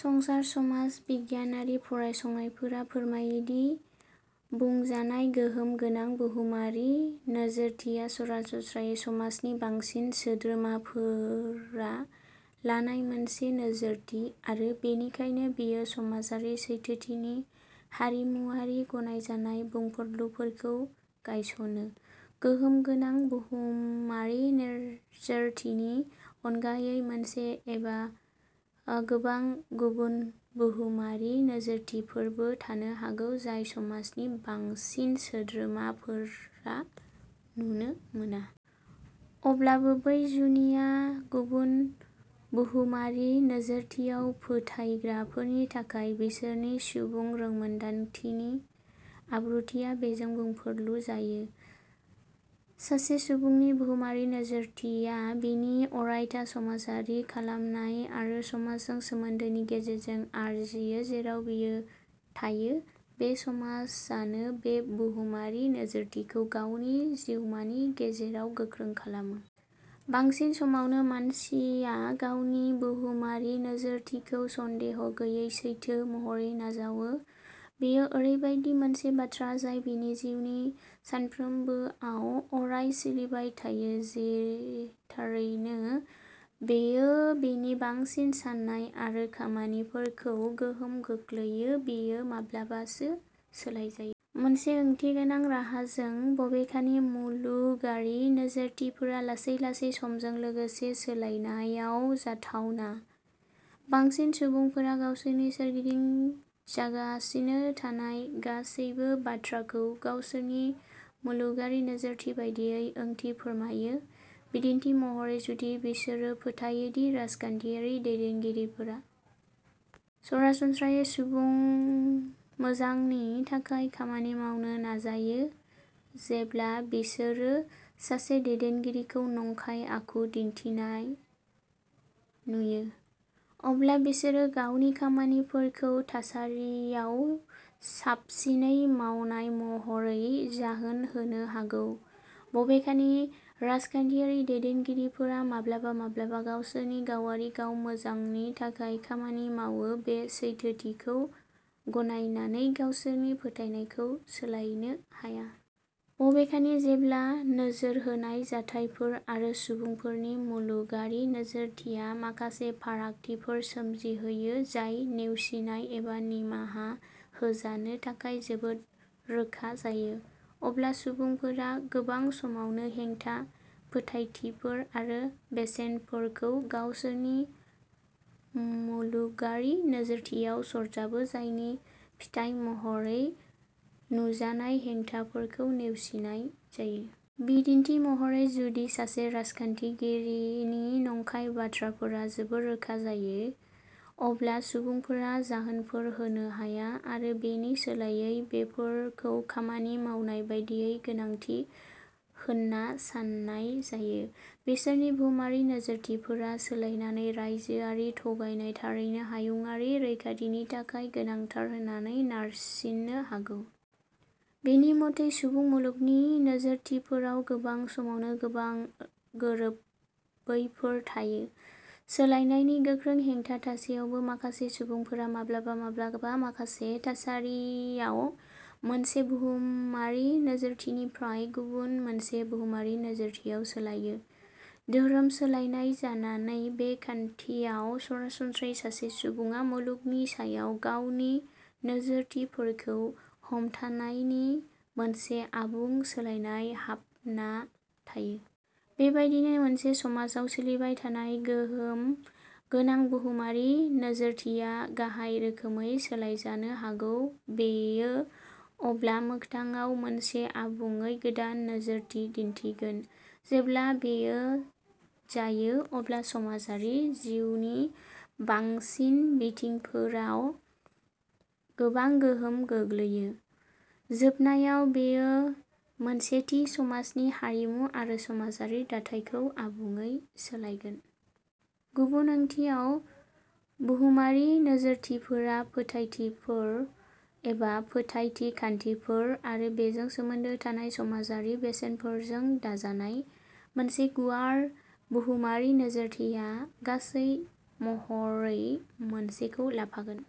संसार, समाज बिगियानारि फरायसंनायफोरा फोरमायो दि बुंजानाय गोहोम गोनां बुहुमारि नोजोरथिया सरासनस्रायै समाजनि बांसिन सोद्रोमाफोरा लानाय मोनसे नोजोरथि, आरो बेनिखायनो बेयो समाजारि सैथोथिनि हारिमुआरि गनायजानाय बुंफुरलुफोरखौ गायसनो। गोहोम गोनां बुहुमारि नोजोरथिनि अनगायै, मोनसे एबा गोबां गुबुन बुहुमारि नोजोरथिफोरबो थानो हागौ, जाय समाजनि बांसिन सोद्रोमाफोरा नुनो मोना। अब्लाबो, बै जुनिया गुबुन बुहुमारि नोजोरथियाव फोथायग्राफोरनि थाखाय, बिसोरनि सुबुं रोंमोन्दांथिनि आब्रुथिया बेजों बुंफुरलु जायो। सासे सुबुंनि बुहुमारि नोजोरथिया बिनि अरायथा समाजआरि खालामनाय आरो समाजजों सोमोनदोनि गेजेरजों आरजियो जेराव बियो थायो। बे समाजानो बे बुहुमारि नोजोरथिखौ गावनि जिउमानि गेजेराव गोख्रों खालामो। बांसिन समावनो, मानसिया गावनि बुहुमारि नोजोरथिखौ सन्देह गैयै सैथो महरै नाजावो। बेयो ओरैबायदि मोनसे बाथ्रा जाय बिनि जिउनि सानफ्रोमबोआव अराय-सोलिबाय थायो। जेरै थारैनो, बेयो बिनि बांसिन साननाय आरो खामानिफोरखौ गोहोम खोख्लैयो। बेयो माब्लाबासो सोलायजायो। मोनसे ओंथिगोनां राहाजों। बबेखानि, मुलुगारि नोजोरथिफोरा लासै-लासै समजों लोगोसे सोलायनाया जाथावना। बांसिन सुबुंफोरा गावसोरनि सोरगिदिं जागासिनो थानाय गासैबो बाथ्राखौ गावसोरनि मुलुगारि नोजोरथि बायदियै ओंथि फोरमायो। बिदिन्थि महरै, जुदि बिसोरो फोथायो दि राजखान्थियारि दैदेनगिरिफोरा सरासनस्रायै सुबुं मोजांनि थाखाय खामानि मावनो नाजायो, जेब्ला बिसोरो सासे दैदेनगिरिखौ नंखाय आखु दिन्थिनाय नुयो, अब्ला बिसोरो गावनि खामानिफोरखौ थासारियाव साबसिनै मावनाय'महरै जाहोन होनो हागौ, बबेखानि राजखान्थियारि दैदेनगिरिफोरा माब्लाबा-माब्लाबा गावसोरनि गावारि गाव मोजांनि थाखाय खामानि मावो बे सैथोथिखौ गनायनानै गावसोरनि फोथायनायखौ सोलायनो हाया। बबेखानि, जेब्ला नोजोर होनाय जाथायफोर आरो सुबुंफोरनि मुलुगारि नोजोरथिया माखासे फारागथिफोर सोमजिहोयो जाय नेवसिनाय एबा निमाहा होजानो थाखाय जोबोद रोखा जायो, अब्ला सुबुंफोरा गोबां समावनो हेंथा फोथायथिफोर आरो बेसेनफोरखौ गावसोरनि मुलुगारि नोजोरथियाव सरजाबो जायनि फिथाय महरै नुजानाय हेंथाफोरखौ नेवसिनाय जायो। बिदिन्थि महरै, जुदि सासे राजखान्थिगिरिनि नंखाय बाथ्राफोरा जोबोद रोखा जायो, अब्ला सुबुंफोरा जाहोनफोर होनो हाया आरो बेनि सोलायै। बेफोरखौ खामानि मावनाय बादियै गोनांथि होन्ना सान्नाय जायो। बिसोरनि बुहुमारि नोजोरथिफोरा सोलायनानै राइजोआरि थगायनाया थारैनो'हायुंआरि रैखाथि'नि थाखाय गोनांथार होननानै नारसिननो हागौ। बेनि मथै सुबुं मुलुगनि नोजोरथिफोराव गोबां समावनो गोबां गोरोबैफोर थायो। सोलायनायनि गोख्रों हेंथा थासेयावबो माखासे सुबुंफोरा माब्लाबा माब्लाबा माखासे थासारियाव मोनसे बुहुमारि नोजोरथिनिफ्राय गुबुन मोनसे बुहुमारि नोजोरथियाव सोलायो। धोरोम सोलायनाय जानानै बे खान्थियाव सरासनस्रायै सासे सुबुङा मुलुगनि सायाव गावनि नोजोरथिफोरखौ हमथानायनि मोनसे आबुं सोलायनाय हाबना थायो। बेबायदिनो मोनसे समाजाव सोलिबाय थानाय गोहोम गोनां बुहुमारि नोजोरथिया गाहाय रोखोमै सोलायजानो हागौ। बेयो अब्ला मोगथाङाव मोनसे आबुङै गोदान नोजोरथि दिन्थिगोन। जेब्ला बेयो जायो, अब्ला समाजारि जिउनि बांसिन बिथिंफोराव गोबां गोहोम गोग्लैयो। जोबनायाव, बेयो मोनसे थि समाजनि हारिमु आरो समाजारि दाथायखौ आबुङै सोलायगोन। गुबुन ओंथियाव, बुहुमारि नोजोरथिफोरा फोथायथिफोर एबा फोथायथि खान्थिफोर आरो बेजों सोमोन्दो थानाय समाजारि बेसेनफोरजों दाजानाय। मोनसे गुवार बुहुमारि नोजोरथिया, गासै महरै मोनसेखौ लाफागोन।